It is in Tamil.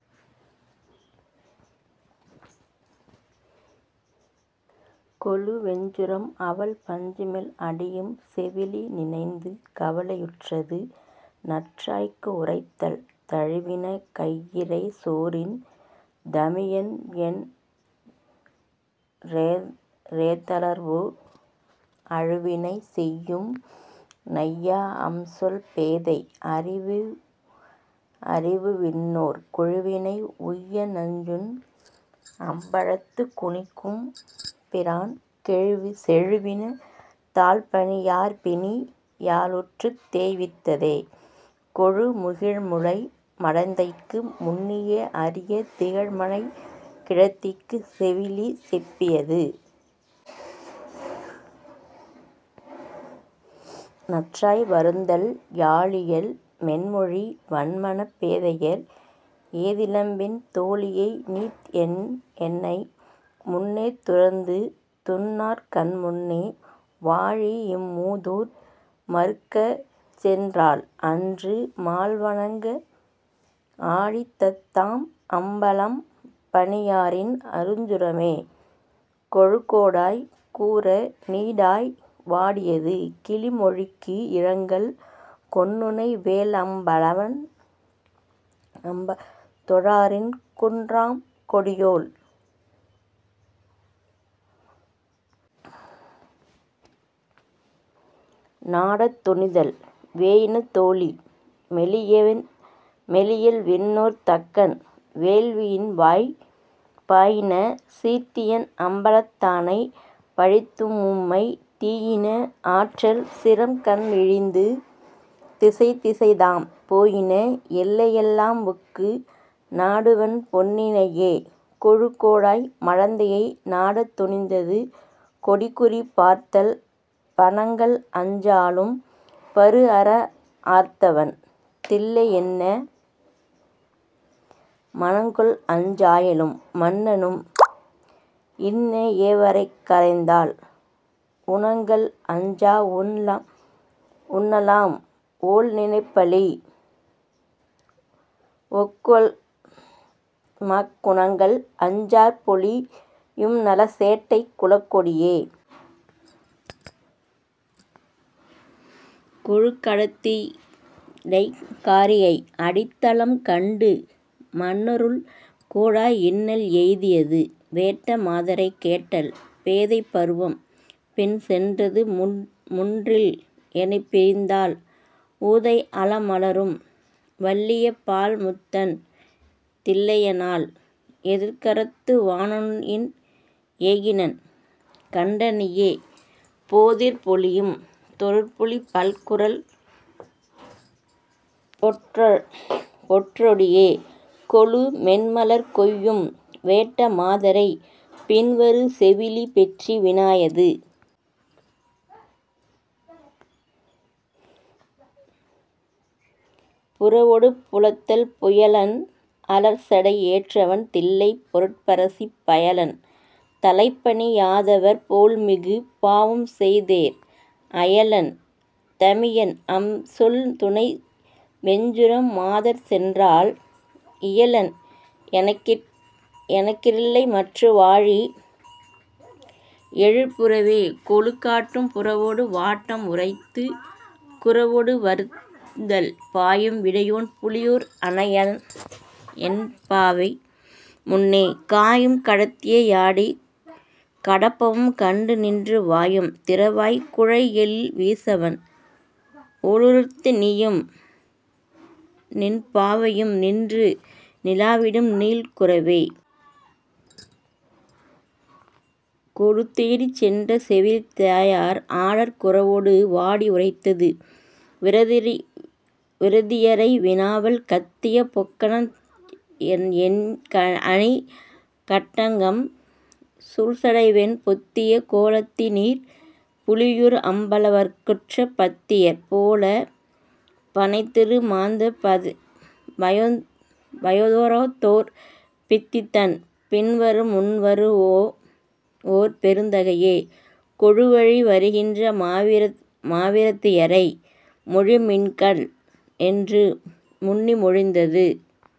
கொளு வெஞ்சுரமும் அவள் பஞ்சுமெல் அடியும் செவிலி நினைந்து கவலை யுற்றது.. நற்றாய்க்கு உரைத்தல் தழுவின கையிறை சோரின் தமியம்என் றேதளர்வுற் அழுவினை செய்யும்நை யாஅம்சொல் பேதை அறிவுவிண்ணோர் குழுவினை உய்யநஞ் சுண்அம் பலத்துக் குனிக்கும்பிரான் செழுவின தாள்பணி யார்பிணி யாலுற்றுத் தேய்வித்ததே... கொளு முகிழ்முலை மடந்தைக்கு முன்னிய அறியத் திகழ்மனைக் கிழத்திக்குச் செவிலி செப்பியது.. நற்றாய் வருந்தல் யாழியல் மென்மொழி வன்மனப் பேதையர் ஏதிலம்பின் தோழியை நீத்என்னை முன்னே துறந்துதுன் னார்கண்முன்னே வாழிஇம் மூதூர் மறுகச்சென் றாள்அன்று மால்வணங்க ஆழிதந் தான்அம் பலம்பணி யாரின் அருஞ்சுரமே... கொளு கோடாய் கூற நீடாய் வாடியது.. கிளி மொழிக்கு இரங்கல் கொன்னுனை வேல்அம் பலவன் தொழாரின்குன் றம்கொடியோள்। நாடத் துணிதல் வேயின தோளி மெலியல்விண் ணோர்தக்கன் வேள்வியின்வாய்ப் பாயின சீர்த்தியன் அம்பலத் தானைப் பழித்துமும்மைத் தீயின ஆற்றல் சிரம்கண்இழிந்து திசைதிசைதாம் போயின எல்லையெல் லாம்புக்கு நாடுவன் பொன்னினையே... கொளு கோடாய் மடந்தையை நாடத் துணிந்தது.. கொடிக்குறி பார்த்தல் பணங்கள்அஞ் சாலும் பருஅர ஆர்த்தவன் தில்லையன்ன மணங்கொள்அஞ் சாயலும் மன்னனும் இன்னஏ வரக்கரைந்தால் உணங்கல்அஞ் சாஉண்ண லாம்ஒள் நிணப்பலி ஒக்குவல்மாக் குணங்கள்அஞ் சாற்பொலி யும்நல சேட்டைக் குலக்கொடியே... கொளு கடத்திடைக் காரிகை அடித்தலம் கண்டு மன்னருள் கோடாய் இன்னல் எய்தியது.. வேட்ட மாதரைக் கேட்டல் பேதைப் பருவம் பின்சென் றதுமுன்றில் எனைப்பிரிந்தால் ஊதைக் அலமலரும் வல்லியப் பாள்முத்தன் தில்லையன்னாள் ஏதிற் கரத்தய லானொஇன் ஏகினள் கண்டனையே போதிற் பொலியும் தொழிற்புலிப் பல்குரல் பொற்றொடியே... கொளு மென்மலர் கொய்யும் வேட்ட மாதரைப் பின்வரு செவிலி பெற்றி வினாயது.. புறவொடு புலத்தல் புயலன் அலர்சடை ஏற்றவன் தில்லைப் பொருப்பரசி பயலன் தலைப்பணி யாதவர் போல்மிகு பாவம்செய்தேற் அயலன் தமியன்அம் சொல்துணை வெஞ்சுரம் மாதர்சென்றால் இயலன் எனக்கில்லைமற்று வாழி எழிற்புறவே... கொளு காட்டுப் புறவொடு வாட்டம் உரைத்து.. குரவொடு வருந்தல் பாயும் விடையோன் புலியூர் அனையஎன் பாவைமுன்னே காயும் கடத்திடை யாடிக் கடப்பவும் கண்டுநின்று வாயும் திறவாய் குழைஎழில் வீசவண் ஓலுறுத்த நீயும்நின் பாவையும் நின்று நிலாவிடும் நீள்குரவே... கொளு தேடிச் சென்ற செவிலித் தாயர் ஆடற் குரவொடு வாடி உரைத்தது.. விரதியரை வினாவல் கத்திய பொக்கணத் என்அணி கட்டங்கம் சூழ்சடைவெண் பொத்திய கோலத்தி னீர்புலி யூர்அம் பலவர்க்குற்ற பத்தியர் போலப் பணைத்திறு மாந்த பயோதரத்தோர் பித்திதன் பின்வர முன்வரு மோஓர் பெருந்தகையே... கொளு வழிவரு கின்ற மாவிர தியரை மொழிமின்கள் என்று முன்னி மொழிந்தது..